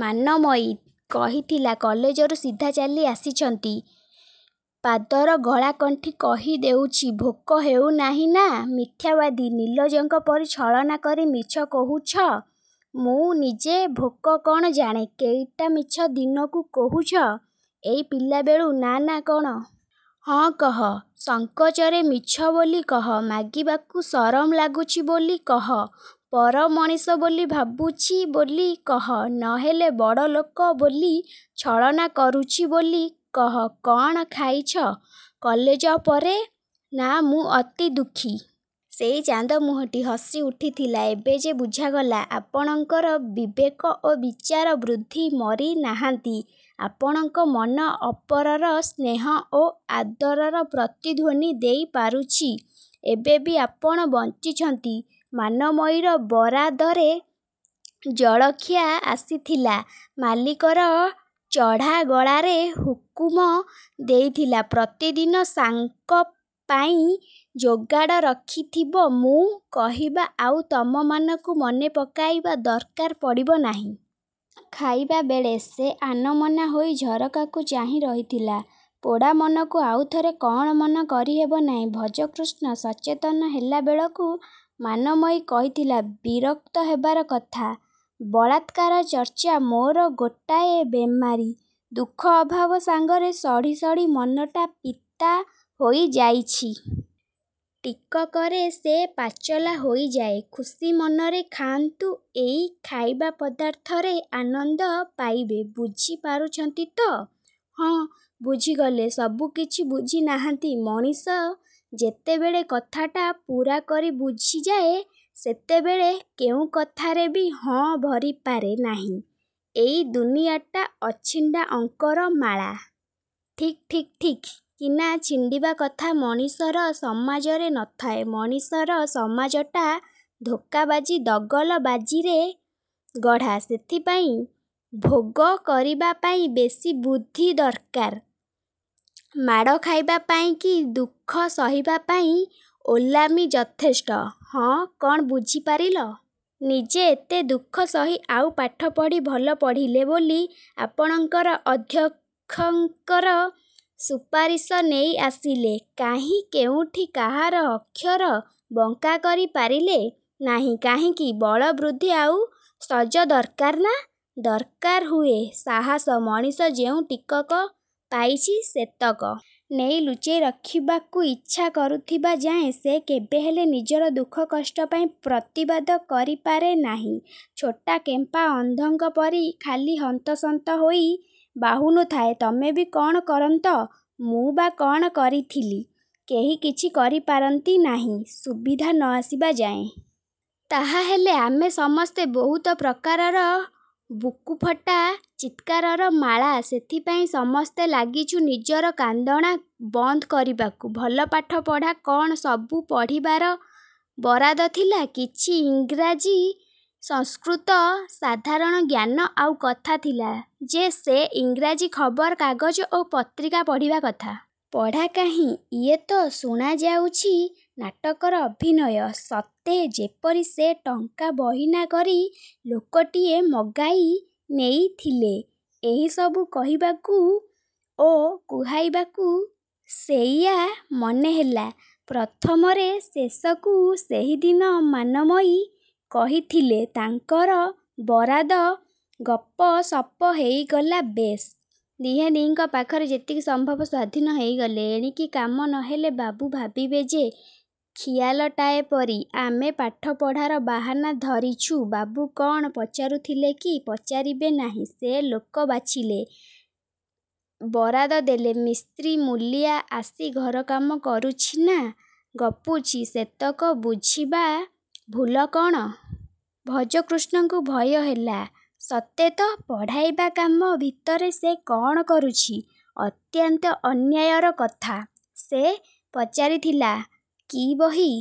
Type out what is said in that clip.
ମାନମୟୀ କହିଥିଲା-କଲେଜରୁ ସିଧା ଚାଲି ଆସିଛନ୍ତି। ପାଦର ବଳାଗଣ୍ଠି କହି ଦେଉଛି। ଭୋକ ହେଉ ନାହିଁ? -ନା। -ମିଥ୍ୟାବାଦୀ। ନିର୍ଲଜଙ୍କ ପରି ଛଳନା କରି ମିଛ କହୁଛ। ମୁଁ ନିଜେ ଭୋକ କ'ଣ ଜାଣେ। କେଇଟା ମିଛ ଦିନକୁ କହୁଛ ଏଇ ପିଲାବେଳୁଁ? -ନା। -ନା, କ'ଣ? ହଁ, କହ। ସଂକୋଚରେ ମିଛ ବୋଲି କହ। ମାଗିବାକୁ ସରମ ଲାଗୁଛି ବୋଲି କହ। ପର ମଣିଷ ବୋଲି ଭାବୁଛି ବୋଲି କହ। ନ ହେଲେ ବଡ଼ଲୋକ ବୋଲି ଛଳନା କରୁଛି ବୋଲି କହ କ'ଣ ଖାଇଛ କଲେଜ ପରେ? -ନା। ମୁଁ ଅତି ଦୁଃଖୀ। -ସେଇ ଚାନ୍ଦ ମୁହଁଟି ହସି ଉଠିଥିଲା। ଏବେ ଯେ ବୁଝାଗଲା ଆପଣଙ୍କର ବିବେକ ଓ ବିଚାର ବୁଦ୍ଧି ମରି ନାହାନ୍ତି। ଆପଣଙ୍କ ମନ ଅପରର ସ୍ନେହ ଓ ଆଦରର ପ୍ରତିଧ୍ୱନି ଦେଇ ପାରୁଛି। ଏବେ ବି ଆପଣ ବଞ୍ଚିଛନ୍ତି। ମାନମୟୀର ବରାଦରେ ଜଳଖିଆ ଆସିଥିଲା। ମାଲିକର ଚଢ଼ା ଗଳାରେ ହୁକୁମ ଦେଇଥିଲା-ପ୍ରତିଦିନ ସାର୍ଙ୍କ ପାଇଁ ଯୋଗାଡ଼ ରଖିଥିବ, ମୁଁ କହିବା ଆଉ ତମମାନଙ୍କୁ ମନେ ପକାଇବା ଦରକାର ପଡ଼ିବ ନାହିଁ। ଖାଇବାବେଳେ ସେ ଆନମନା ହୋଇ ଝରକାକୁ ଚାହିଁ ରହିଥିଲା। -ପୋଡ଼ା ମନକୁ ଆଉଥରେ କଅଁଳ ମନ କରି ହେବ ନାହିଁ। ଭଜକୃଷ୍ଣ ସଚେତନ ହେଲାବେଳକୁ ମାନମୟୀ କହିଥିଲା-ବିରକ୍ତ ହେବାର କଥା। ବଳାତ୍କାର ଚର୍ଚ୍ଚା ମୋର ଗୋଟାଏ ବେମାରି। ଦୁଃଖ ଅଭାବ ସାଙ୍ଗରେ ସଢ଼ି ସଢ଼ି ମନଟା ପିତା ହୋଇ ଯାଇଛି। ଟିକକରେ ସେ ପାଚଲା ହୋଇଯାଏ। ଖୁସି ମନରେ ଖାଆନ୍ତୁ। ଏଇ ଖାଇବାପଦାର୍ଥରେ ଆନନ୍ଦ ପାଇବେ ବୁଝି ପାରୁଛନ୍ତି ତ? -ହଁ। -ବୁଝିଗଲେ ସବୁ? କିଛି ବୁଝି ନାହାନ୍ତି। ମଣିଷ ଯେତେବେଳେ କଥାଟା ପୂରା କରି ବୁଝିଯାଏ ସେତେବେଳେ କେଉଁ କଥାରେ ବି ହଁ-ଭରିପାରେ ନାହିଁ। ଏଇ ଦୁନିଆଟା ଅଛିଣ୍ଡା ଅଙ୍କର ମାଳା। ଠିକ୍ ଠିକ୍ ଠକ୍ କିନା ଛିଣ୍ଡିବା କଥା ମଣିଷର ସମାଜରେ ନଥାଏ। ମଣିଷର ସମାଜଟା ଧୋକାବାଜି ଦଗଲ-ବାଜିରେ ଗଢ଼ା। ସେଥିପାଇଁ ଭୋଗ କରିବା ପାଇଁ ବେଶି ବୁଦ୍ଧି ଦରକାର। ମାଡ଼ ଖାଇବା ପାଇଁ କି ଦୁଃଖ ସହିବା ପାଇଁ ଓଲାମି ଯଥେଷ୍ଟ। -ହଁ। -କ'ଣ ବୁଝିପାରିଲ? ନିଜେ ଏତେ ଦୁଃଖ ସହି ଆଉ ପାଠପଢ଼ି ଭଲ ପଢ଼ିଲେ ବୋଲି ଆପଣଙ୍କର ଅଧ୍ୟକ୍ଷଙ୍କର ସୁପାରିସ ନେଇ ଆସିଲେ। କାହିଁ କେଉଁଠି କାହାର ଅକ୍ଷର ବଙ୍କାକରି ପାରିଲେ ନାହିଁ-କାହିଁକି? -ବଳ ବୁଦ୍ଧି ଆଉ ସଜ ଦରକାର। -ନା, ଦରକାର ହୁଏ ସାହସ। ମଣିଷ ଯେଉଁ ଟିକକ ପାଇଛି ସେତକ। ନେଇ ଲୁଚେଇ ରଖିବାକୁ ଇଛା କରୁଥିବା ଯାଏ ସେ କେବେହେଲେ ନିଜର ଦୁଃଖ-କଷ୍ଟ ପାଇଁ ପ୍ରତିବାଦ କରିପାରେ ନାହିଁ। ଛୋଟା କେମ୍ପା ଅନ୍ଧଙ୍କ ପରି ଖାଲି ହନ୍ତସନ୍ତ ହୋଇ ବାହୁନୁଥାଏ। ତମେ ବି କ'ଣ କରନ୍ତ? ମୁଁ ବା କ'ଣ କରିଥିଲି? -କେହି କିଛି କରିପାରନ୍ତି ନାହିଁ ସୁବିଧା ନ ଆସିବା ଯାଏ। -ତାହାହେଲେ ଆମେ ସମସ୍ତେ ବହୁତ ପ୍ରକାରର ବୁକୁଫଟା ଚିତ୍କାରର ମାଳା। ସେଥିପାଇଁ ସମସ୍ତେ ଲାଗିଛୁ ନିଜର କାନ୍ଦଣା ବନ୍ଦ କରିବାକୁ। -ଭଲ ପାଠ ପଢ଼ା? କ'ଣ ସବୁ ପଢ଼ିବାର ବରାଦ ଥିଲା? -କିଛି ଇଂରାଜୀ-ସଂସ୍କୃତ-ସାଧାରଣ ଜ୍ଞାନ। ଆଉ କଥା ଥିଲା ଯେ ସେ ଇଂରାଜୀ ଖବର କାଗଜ ଓ ପତ୍ରିକା ପଢ଼ିବା କଥା। -ପଢ଼ା କାହିଁ? ଇଏ ତ ଶୁଣାଯାଉଛି ନାଟକର ଅଭିନୟ। ସତେ ଯେପରି ସେ ଟଙ୍କା ବହିନା କରି ଲୋକଟିଏ ମଗାଇ ନେଇଥିଲେ ଏହିସବୁ କହିବାକୁ ଓ କୁହାଇବାକୁ। -ସେଇଆ ମନେ ହେଲା ପ୍ରଥମରେ। -ଶେଷକୁ। -ସେହିଦିନ ମାନମୟୀ କହିଥିଲେ ତାଙ୍କର ବରାଦ। ଗପସପ ହେଇଗଲା ବେଶ୍। ଦିହେଁ ଦିହିଁଙ୍କ ପାଖରେ ଯେତିକି ସମ୍ଭବ ସ୍ୱାଧୀନ ହେଇଗଲେ। ଏଣିକି କାମ ନ ହେଲେ ବାବୁ ଭାବିବେ ଯେ ଖିଆଲଟାଏ ପରି ଆମେ ପାଠପଢ଼ାର ବାହାନା ଧରିଛୁ। -ବାବୁ କ'ଣ ପଚାରୁଥିଲେ କି? -ପଚାରିବେ ନାହିଁ? ସେ ଲୋକ ବାଛିଲେ। ବରାଦ ଦେଲେ। ମିସ୍ତ୍ରୀ ମୂଲିଆ ଆସି ଘରକାମ କରୁଛି ନା ଗପୁଛି ସେତକ ବୁଝିବା ଭୁଲ କ'ଣ? ଭଜକୃଷ୍ଣଙ୍କୁ ଭୟ ହେଲା। -ସତେ ତ ପଢ଼ାଇବା କାମ ଭିତରେ ସେ କ'ଣ କରୁଛି? ଅତ୍ୟନ୍ତ ଅନ୍ୟାୟର କଥା। ସେ ପଚାରିଥିଲା-କି ବହି?